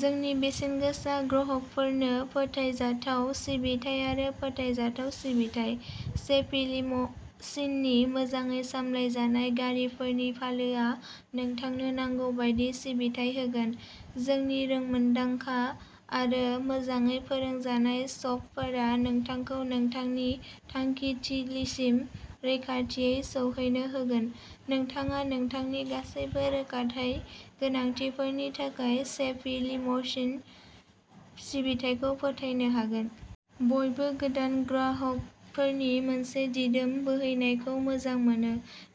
जोंनि बेसेनगोसा ग्राहकफोरनो फोथायजाथाव सिबिथाइ आरो फोथायजाथाव सिबिथाइ। चेफि लिम'सिननि मोजाङै सामलायजानाय गारिफोरनि फालोआ नोंथांनो नांगौ बायदि सिबिथाइ होगोन। जोंनि रोंमोन्दांखा आरो मोजाङै फोरोंजानाय श'फफोरा नोंथांखौ नोंथांनि थांखिथिलिसिम रैखाथियै सौहैनो होगोन। नोंथाङा नोंथांनि गासैबो रोगाथाइ गोनांथिफोरनि थाखाय चेफि लिम'सिन सिबिथाइखौ फोथायनो हागोन। बयबो गोदान ग्राहकफोरनि मोनसे दिदोम बोहैनायखौ मोजां मोनो।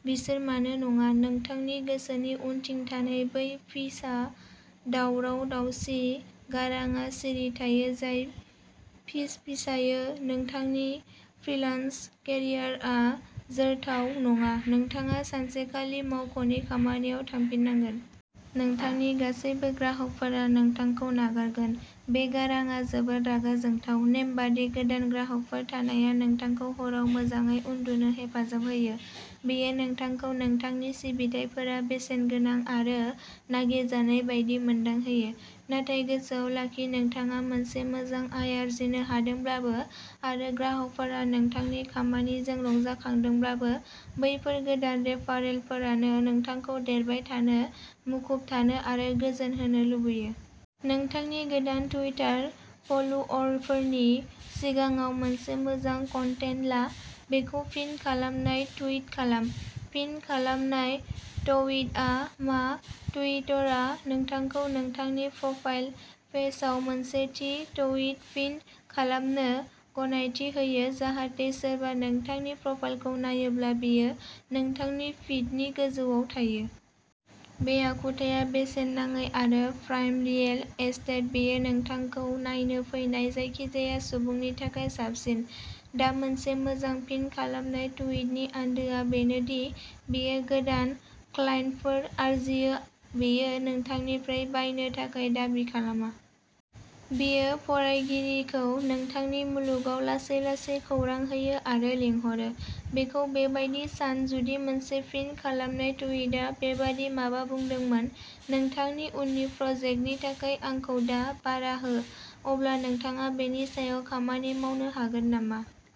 बिसोर मानो नङा? नोंथांनि गोसोनि उनथिं थानाय बै फिसा दावराव-दावसि गारांआ सिरि थायो, जाय फिसफिसायो, "नोंथांनि फ्रीलान्स केरियारआ जोरथाव नङा। नोंथाङा सानसेखालि मावख'नि खामानियाव थांफिननांगोन। नोंथांनि गासिबो ग्राहकफोरा नोंथांखौ नागारगोन। " बे गारांआ जोबोद रागा जोंथाव। नेमबादि गोदान ग्राहकफोर थानाया नोंथांखौ हराव मोजाङै उन्दुनो हेफाजाब होयो। बेयो नोंथांखौ नोंथांनि सिबिथाइफोरा बेसेनगोनां आरो नागिरजानाय बायदि मोनदांहोयो। नाथाय गोसोआव लाखिः नोंथाङा मोनसे मोजां आय आर्जिनो हादोंब्लाबो आरो ग्राहकफोरा नोंथांनि खामानिजों रंजाखांदोंब्लाबो, बैफोर गोदान रेफारेलफोरानो नोंथांखौ देरबाय थानो, मुखुब थानो आरो गोजोन होनो लुबैयो। नोंथांनि गोदान टुइटार फलोअरफोरनि सिगाङाव मोनसे मोजां कन्टेन्ट ला? बेखौ पिन खालामनाय टुइट खालाम। पिन खालामनाय ट्विटआ मा? ट्विटरआ नोंथांखौ नोंथांनि प्रफाइल पेजआव मोनसे थि ट्विट पिन खालामनो गनायथि होयो, जाहाथे सोरबा नोंथांनि प्रफाइलखौ नायोब्ला बेयो नोंथांनि फिडनि गोजौआव थायो। बे आखुथाया बेसेन नाङै आरो प्राइम रियेल एस्टेट-बेयो नोंथांखौ नायनो फैनाय जायखिजाया सुबुंनि थाखाय साबसिन। दा, मोनसे मोजां पिन खालामनाय ट्विटनि आन्दोआ बेनो दि बेयो गोदान क्लाइन्टफोर आरजियो-बेयो नोंथांनिफ्राय बायनो थाखाय दाबि खालामा। बेयो फरायगिरिखौ नोंथांनि मुलुगाव लासै-लासै खौरां होयो आरो लिंहरो। बेखौ बेबायदि सानः जुदि मोनसे पिन खालामनाय ट्विटआ बेबादि माबा बुंदोंमोन, "नोंथांनि उननि प्रजेक्टनि थाखाय आंखौ दा भारा हो", अब्ला नोंथाङा बेनि सायाव खामानि मावनो हागोन नामा?